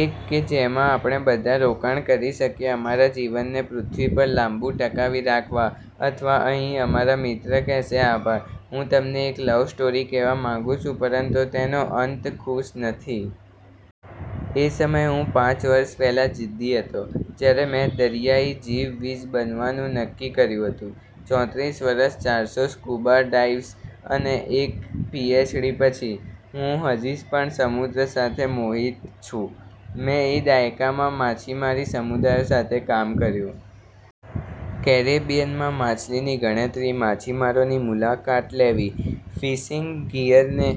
એક કે જેમાં આપણે બધા રોકાણ કરી શકીએ અમારા જીવનને પૃથ્વી પર લાંબુ ટકાવી રાખવા અથવા અહીં અમારા મિત્ર કહેશે આભાર. હું તમને એક લવ સ્ટોરી કહેવા માંગુ છું. પરંતુ તેનો અંત ખુશ નથી. એ સમયે હું પાંચ વર્ષ પહેલાં જીદ્દી હતો, જ્યારે મેં દરિયાઇ જીવવિજ બનવાનું નક્કી કર્યું હતું .ચોત્રીસ વર્ષ, ચારસો સ્કુબા ડાઇવ્સ અને એક પીએચડી પછી, હું હજી પણ સમુદ્ર સાથે મોહિત છું. મેં એ દાયકામાં માછીમારી સમુદાયો સાથે કામ કર્યું. કેરેબિયનમાં માછલીની ગણતરી, માછીમારોની મુલાકાત લેવી, ફિશિંગ ગિયરને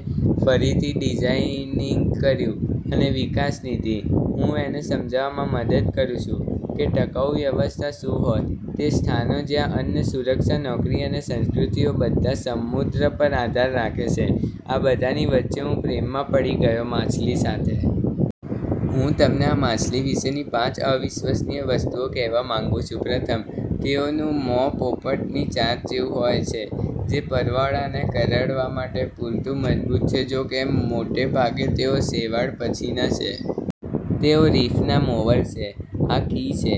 ફરીથી ડિઝાઇનીંગ કર્યું અને વિકાસ નીતિ. હૂં એને સમજાવામાં મદદ કરું છું કે ટકાઉ વ્યવસ્થા શું હોય તે સ્થાનો જ્યાં અન્ન, સુરક્ષા, નોકરી અને સંસ્કૃતિઓ બધા સમુદ્ર પર આધાર રાખે છે, આ બધાની વચ્ચે હું પ્રેમમાં પડી ગયો માછલી સાથે. હું તમને આ માછલી વિશેની પાંચ અવિશ્વસનીય વસ્તુઓ કહેવા માંગુ છું પ્રથમ, તેઓનું મોં પોપટની ચાંચ જેવું હોય છે, જે પરવાળાને કરડવા માટે પૂરતું મજબૂત છે, જોકે મોટે ભાગે તેઓ શેવાળ પછીના છે. તેઓ રીફના મોવર છે. આ કી છે,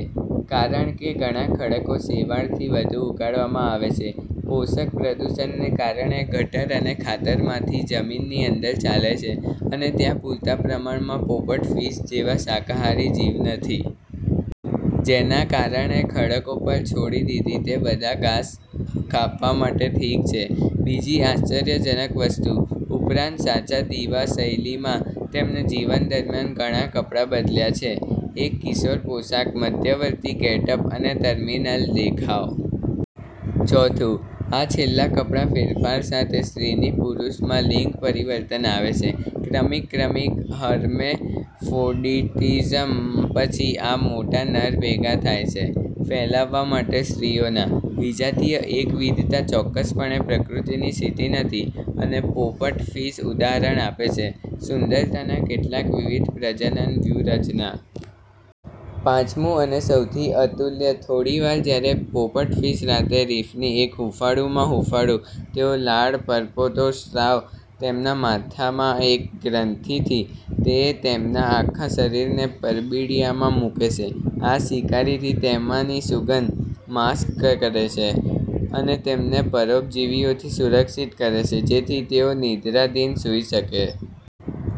કારણ કે ઘણા ખડકો શેવાળથી વધુ ઉગાડવામાં આવે છે પોષક પ્રદૂષણને કારણે ગટર અને ખાતરમાંથી જમીનની અંદર ચાલે છે. અને ત્યાં પૂરતા પ્રમાણમાં પોપટ ફિશ જેવા શાકાહારી જીવ નથી. જેના કારણે ખડકો પર છોડી દીધી તે બધા ઘાસ કાપવા માટે ઠીક છે. બીજી આશ્ચર્યજનક વસ્તુ. ઉપરાંત, સાચા દિવા શૈલીમાં તેમને જીવન દરમ્યાન ઘણા કપડા બદલ્યા છે. એક કિશોર પોશાક, મધ્યવર્તી ગેટઅપ, અને ટર્મિનલ દેખાવ. ચોથું, આ છેલ્લા કપડા ફેરફાર સાથે સ્ત્રીથી પુરુષમાં લિંગ પરિવર્તન આવે છે, ક્રમિક ક્રમિક હર્મેફ્રોડિટિઝમ પછી આ મોટા નર ભેગા થાય છે ફેલાવવા માટે સ્ત્રીઓના. વિજાતીય એકવિધતા ચોક્કસપણે પ્રકૃતિની સ્થિતિ નથી અને પોપટફિશ ઉદાહરણ આપે છે સુંદરતાના કેટલાક વિવિધ પ્રજનન વ્યૂહરચના. પાંચમું અને સૌથી અતુલ્ય થોડી વાર જ્યારે પોપટફિશ રાત્રે રીફની એક હૂંફાળું માં હૂંફાળું, તેઓ લાળ પરપોટો સ્ત્રાવ તેમના માથા માં એક ગ્રંથી થી તે તેમના આખા શરીરને પરબિડીયામાં મૂકે છે. આ શિકારીથી તેમની સુગંધ માસ્ક કરે છે અને તેમને પરોપજીવીઓથી સુરક્ષિત કરે છે, જેથી તેઓ નિંદ્રાધીન સૂઈ શકે.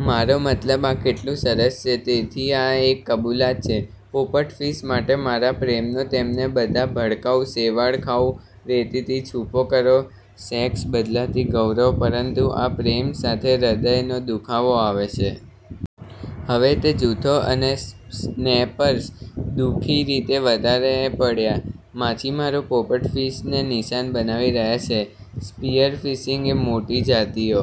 મારો મતલબ, આ કેટલું સરસ છે. તેથી આ એક કબૂલાત છે પોપટ ફિશ માટે મારા પ્રેમનો તેમના બધા ભડકાઉ, શેવાળ-ખાવું, રેતીથી છૂપો કરવો, સેક્સ-બદલાતી ગૌરવ. પરંતુ આ પ્રેમ સાથે હૃદયનો દુખાવો આવે છે. હવે તે જૂથો અને સ્નેપર્સ દુ: ખી રીતે વધારે પડ્યા માછીમારો પોપટ ફિશને નિશાન બનાવી રહ્યા છે. સ્પિયરફિશિંગ એ મોટી જાતિઓ